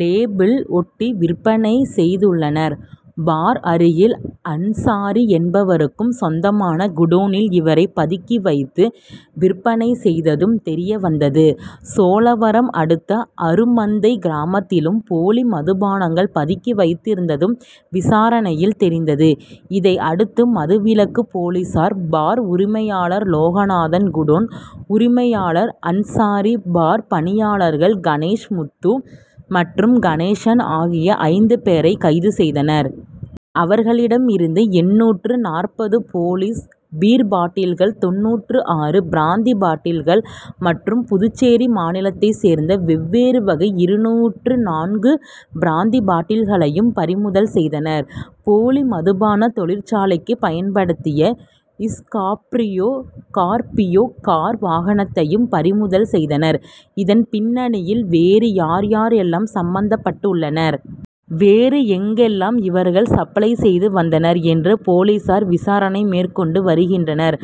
Label ஒட்டி விற்பனை செய்துள்ளனர். பார் அருகில் அன்சாரி என்பவருக்கு சொந்தமான குடோனில் இவற்றை பதுக்கி வைத்து விற்பனை செய்ததும் தெரியவந்தது. சோழவரம் அடுத்த அருமந்தை கிராமத்திலும் போலி மதுபானங்கள் பதுக்கி வைத்திருந்ததும் விசாரணையில் தெரிந்தது. இதையடுத்து மதுவிலக்கு போலீசார் பார் உரிமையாளர் லோகநாதன் குடோன் உரிமையாளர் அன்சாரி பார் பணியாளர்கள் கணேஷ் முத்து மற்றும் கணேசன் ஆகிய ஐந்து பேரை கைது செய்தனர். அவர்களிடமிருந்து எண்ணூற்று நாற்பது போலி பீர் பாட்டில்கள் தொண்ணூற்று ஆறு பிராந்தி பாட்டில்கள் மற்றும் புதுச்சேரி மாநிலத்தை சேர்ந்த வெவ்வேறு வகை இருநூற்று நான்கு பிராந்தி பாட்டில்களையும் பறிமுதல் செய்தனர். போலி மதுபான தொழிற்சாலைக்கு பயன்படுத்திய ஸ்கார்பியோ கார் வாகனத்தையும் பறிமுதல் செய்தனர். இதன் பின்னணியில் வேறு யார் யார் எல்லாம் சம்பந்தப்பட்டுள்ளனர்? வேறு எங்கெல்லாம் இவர்கள் சப்ளை செய்து வந்தனர்? என்று போலீசார் விசாரணை மேற்கொண்டு வருகின்றனர்.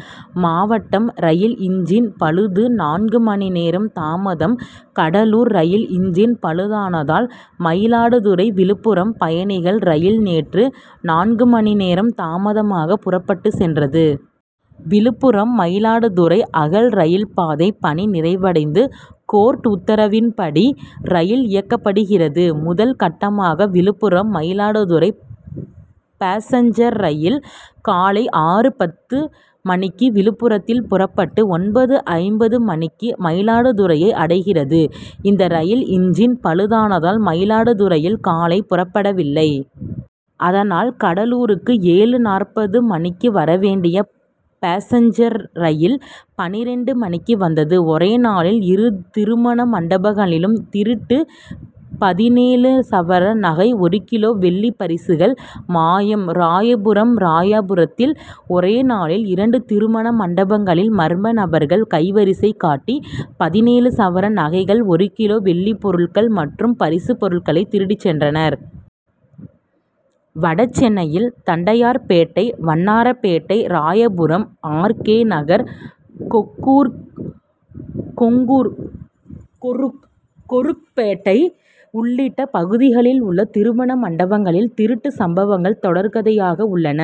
மாவட்டம் ரயில் இன்ஜின் பழுது நான்கு மணி நேரம் தாமதம் கடலூர் ரயில் இன்ஜின் பழுதானதால் மயிலாடுதுறை விழுப்புரம் பயணிகள் ரயில் நேற்று நான்கு மணி நேரம் தாமதமாக புறப்பட்டுச் சென்றது. விழுப்புரம் மயிலாடுதுறை அகல ரயில் பாதை பணி நிறைவடைந்து கோர்ட் உத்தரவின்படி ரயில் இயக்கப்படுகிறது. முதல் கட்டமாக விழுப்புரம் மயிலாடுதுறை பாசஞ்சர் ரயில் காலை ஆறு பத்து மணிக்கு விழுப்புரத்தில் புறப்பட்டு ஒன்பது ஐம்பது மணிக்கு மயிலாடுதுறையை அடைகிறது. இந்த ரயில் இன்ஜின் பழுதானதால் மயிலாடுதுறையில் காலை புறப்படவில்லை. அதனால் கடலூருக்கு ஏழு நாற்பது மணிக்கு வர வேண்டிய பாசஞ்சர் ரயில் பன்னிரண்டு மணிக்கு வந்தது. ஒரே நாளில் இரு திருமண மண்டபங்களில் திருட்டு பதினேழு சவரன் நகை ஒரு கிலோ வெள்ளி பரிசுகள் மாயம் ராயபுரம் ராயபுரத்தில் ஒரே நாளில் இரண்டு திருமண மண்டபங்களில் மர்ம நபர்கள் கைவரிசை காட்டி பதினேழு சவரன் நகைகள் ஒரு கிலோ வெள்ளிப்பொருட்கள் மற்றும் பரிசு பொருட்களை திருடிச் சென்றனர். வடசென்னையில் தண்டையார்பேட்டை வண்ணாரபேட்டை ராயபுரம் ஆர். கே. நகர் கொருக்குபேட்டை உள்ளிட்ட பகுதிகளில் உள்ள திருமண மண்டபங்களில் திருட்டு சம்பவங்கள் தொடர்கதையாகவுள்ளன.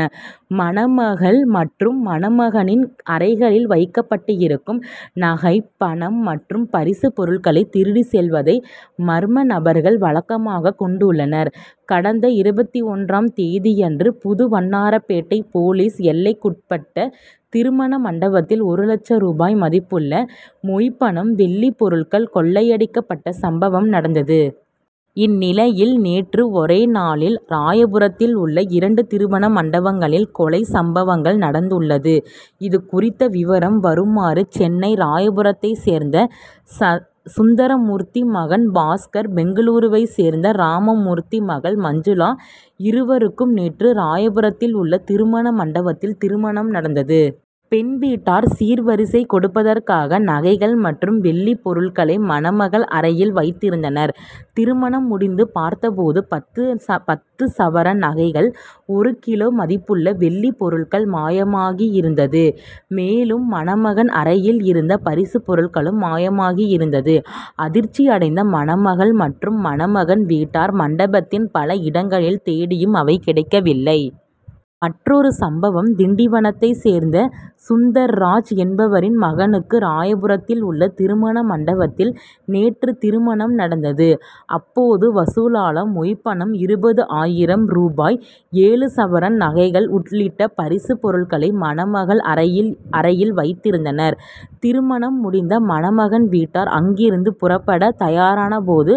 மணமகள் மற்றும் மணமகன்களின் அறைகளில் வைக்கப்பட்டிருக்கும் நகை பணம் மற்றும் பரிசு பொருட்களை திருடிச் செல்வதை மர்மநபர்கள் வழக்கமாகக் கொண்டுள்ளனர். கடந்த இருபத்தொன்றாம் தேதியன்று புது வண்ணாரபேட்டை போலீஸ் எல்லைக்குட்பட்ட திருமண மண்டபத்தில் ஒரு லட்சம் ரூபாய் மதிப்புள்ள மொய் பணம் வெள்ளிப் பொருட்கள் கொள்ளையடிக்கப்பட்ட சம்பவம் நடந்தது. இந்நிலையில் நேற்று ஒரே நாளில் ராயபுரத்தில் உள்ள இரண்டு திருமண மண்டபங்களில் கொள்ளை சம்பவங்கள் நடந்துள்ளன. இது குறித்த விவரம் வருமாறு சென்னை ராயபுரத்தைச் சேர்ந்த சுந்தரமூர்த்தி மகன் பாஸ்கர். பெங்களூரைச் சேர்ந்த ராமமூர்த்தி மகள் மஞ்சுளா. இருவருக்கும் நேற்று ராயபுரத்தில் உள்ள திருமண மண்டபத்தில் திருமணம் நடந்தது. பெண் வீட்டார் சீர்வரிசை கொடுப்பதற்காக நகைகள் மற்றும் வெள்ளி பொருட்களை மணமகள் அறையில் வைத்திருந்தனர். திருமணம் முடிந்து பார்த்தபோது பத்து சவரன் நகைகள் ஒரு கிலோ மதிப்புள்ள வெள்ளி பொருட்கள் மாயமாகி இருந்தது. மேலும் மணமகன் அறையில் இருந்த பரிசு பொருட்களும் மாயமாகி இருந்தது. அதிர்ச்சி அடைந்த மணமகள் மற்றும் மணமகன் வீட்டார் மண்டபத்தின் பல இடங்களில் தேடியும் அவை கிடைக்கவில்லை. மற்றொரு சம்பவம் திண்டிவனத்தைச் சேர்ந்த சுந்தர்ராஜ் என்பவரின் மகனுக்கு ராயபுரத்தில் உள்ள திருமண மண்டபத்தில் நேற்று திருமணம் நடந்தது. அப்போது வசூலான மொய் பணம் இருபது ஆயிரம் ரூபாய் ஏழு சவரன் நகைகள் உள்ளிட்ட பரிசு பொருட்களை மணமகன் அறையில் வைத்திருந்தனர். திருமணம் முடிந்து மணமகன் வீட்டார் அங்கிருந்து புறப்பட தயாரானபோது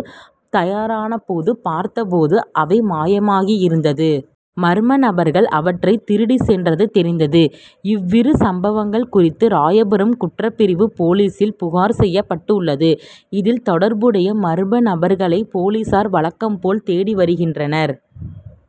பார்த்தபோது அவை மாயமாகி இருந்தது. மர்மநபர்கள் அவற்றை திருடிச் சென்றது தெரிந்தது. இவ்விரு சம்பவங்கள் குறித்து ராயபுரம் குற்றப்பிரிவு போலீசில் புகார் செய்யப்பட்டுள்ளது. இதில் தொடர்புடைய மர்ம நபர்களை போலீசார் வழக்கம் போல் தேடி வருகின்றனர்.